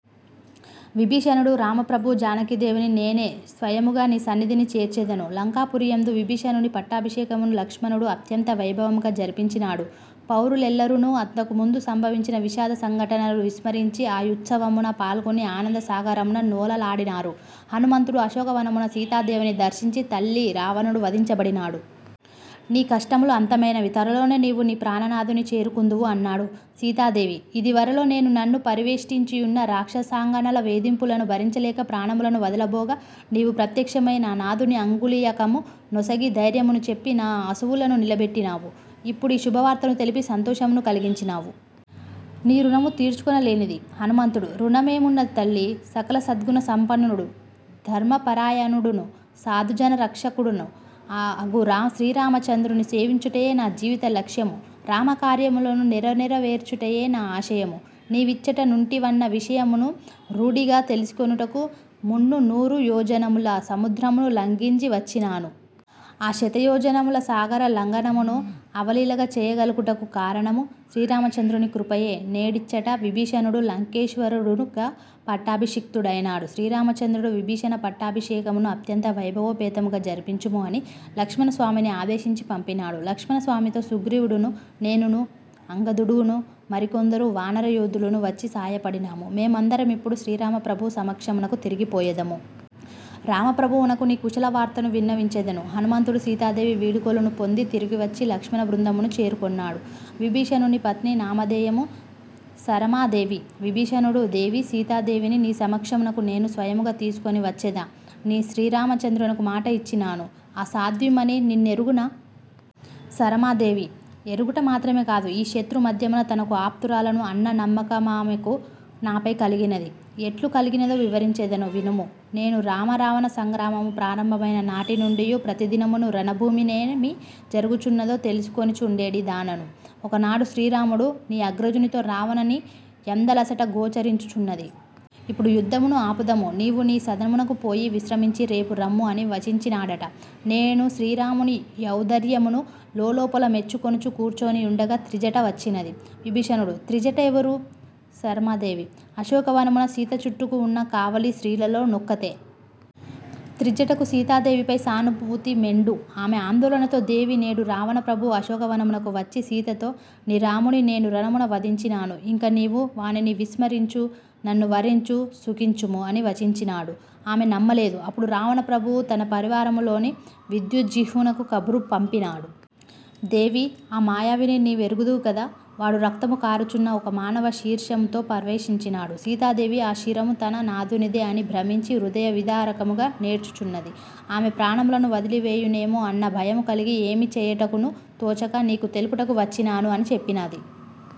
విభీషణుడు: రామప్రభూ, జానకీదేవిని నేనే స్వయముగ నీ సన్నిధిని చేర్చెదను. లంకాపురి యందు విభీషణుని పట్టాభిషేకమును లక్ష్మణుడు అత్యంత వైభవముగ జరిపించినాడు. పౌరులెల్లరును అంతకుముందు సంభవించిన విషాద సంఘటనలను విస్మరించి ఆ యుత్సవమున పాల్గొని ఆనంద సాగరమున నోలలాడినారు. హనుమంతుడు అశోక వనమున సీతాదేవిని దర్శించి తల్లీ, రావణుడు వధించబడినాడు. నీ కష్టములు అంతమైనవి. త్వరలోనే నీవు నీ ప్రాణనాథుని చేరుకొందువు అన్నాడు. సీతాదేవి: ఇదివరలో నేను నన్ను పరివేష్టించియున్న రాక్షసాంగనల వేధింపులను భరించలేక ప్రాణములను వదలబోగా, నీవు ప్రత్యక్షమై నా నాథుని అంగుళీయకము నొసగి, ధైర్యమును చెప్పి నా అసువులను నిలబెట్టినావు. ఇప్పుడీ శుభవార్తను తెలిపి సంతోషమును కలిగించినావు. నీ ఋణము తీర్చుకొనలేనిది. హనుమంతుడు: ఋణమేమున్నది తల్లీ? సకల సద్గుణ సంపన్నుడును, ధర్మపరాయణుడును, సాధుజన రక్షకుడును అగు శ్రీరామచంద్రుని సేవించుటయే నా జీవిత లక్ష్యము; రామ కార్యములను నెరనెరవేర్చుటయె నా ఆశయము. నీవిచ్చట నుంటివన్న విషయమును రూఢిగా తెలిసికొనుటకు మున్ను నూరుయోజనముల సముద్రమును లంఘించి వచ్చినాను. ఆ శతయోజనముల సాగర లంఘనమును అవలీలగా చేయగలుగుటకు కారణము శ్రీరామచంద్రుని కృపయే నేడిచ్చట విభీషణుడు లంకేశ్వరుడుగ పట్టాభిషిక్తుడైనాడు. శ్రీరామచంద్రుడు విభీషణ పట్టాభిషేకమును అత్యంత వైభవోపేతముగ జరిపించుము అని లక్ష్మణస్వామిని ఆదేశించి పంపినాడు. లక్ష్మణస్వామితో సుగ్రీవుడును నేనును అంగదుడును మరికొందరు వానర యోధులును వచ్చి సాయపడినాము. మేమందరమిప్పుడు శ్రీరామ ప్రభువు సమక్షమునకు తిరిగి పోయెదము. రామప్రభువునకు నీ కుశలవార్తను విన్నవించెదను. హనుమంతుడు సీతాదేవి వీడ్కోలును పొంది తిరిగివచ్చి లక్ష్మణ బృందమును చేరుకొన్నాడు. విభీషణుని పత్ని నామధేయము 'సరమా దేవి'. విభీషణుడు: దేవీ సీతాదేవిని నీ సమక్షమునకు నేను స్వయముగ తీసికొని వచ్చెదన ని శ్రీరామచంద్రునకు మాట ఇచ్చినాను. ఆ సాధ్వీమణి నిన్నెఱుగునా? సరమాదేవి: ఎఱుగుట మాత్రమే కాదు. ఈ శత్రు మధ్యమున తనకు ఆప్తురాలను అన్న నమ్మకమామెకు నాపై కలిగినది. ఎట్లు కలిగినదో వివరించెదను వినుము నేను రామ రావణ సంగ్రామము ప్రారంభమైన నాటి నుండియూ ప్రతి దినమును రణభూమినేమి జరుగుచున్నదో తెలిసికొనుచుండెడి దానను ఒకనాడు శ్రీరాముడు నీ అగ్రజునితో రావణా నీ యందలసట గోచరించుచున్నది. ఇప్పుడు యుద్ధమును ఆపుదము. నీవు నీ సదనమునకు పోయి విశ్రమించి రేపు రమ్ము అని వచించినాడట. నేను శ్రీరాముని యౌదార్యమును లోలోపల మెచ్చుకొనుచు కూర్చొని యుండగా త్రిజట వచ్చినది. విభీషణుడు: త్రిజట ఎవరు? సరమాదేవి: అశోక వనమున సీత చుట్టును ఉన్న కావలి స్త్రీలలో నొక్కతె. త్రిజటకు సీతాదేవిపై సానుభూతి మెండు ఆమె ఆందోళనతో దేవీ నేడు రావణ ప్రభువు అశోకవనమునకు వచ్చి సీతతో, నీ రాముని నేను రణమున వధించినాను. ఇంక నీవు వానిని విస్మరించి నన్ను వరించి సుఖించుము' అని వచించినాడు. ఆమె నమ్మలేదు. అప్పుడు రావణ ప్రభువు తన పరివారము లోని విద్యుజ్జిహ్వునకు కబురు పంపినాడు. దేవీ ఆ మాయావిని నీ వెఱుగుదువు కద. వాడు రక్తము కాఱుచున్న ఒక మానవ శీర్షము తో ప్రవేశించినాడు. సీతాదేవి ఆ శిరము తన నాథునిదే అని భ్రమించి హృదయ విదారకముగ నేడ్చుచున్నది. ఆమె ప్రాణములను వదలివేయునేమో అన్న భయము కలిగి ఏమి చేయటకును తోచక నీకు తెలుపుటకు వచ్చినాను అని చెప్పినది.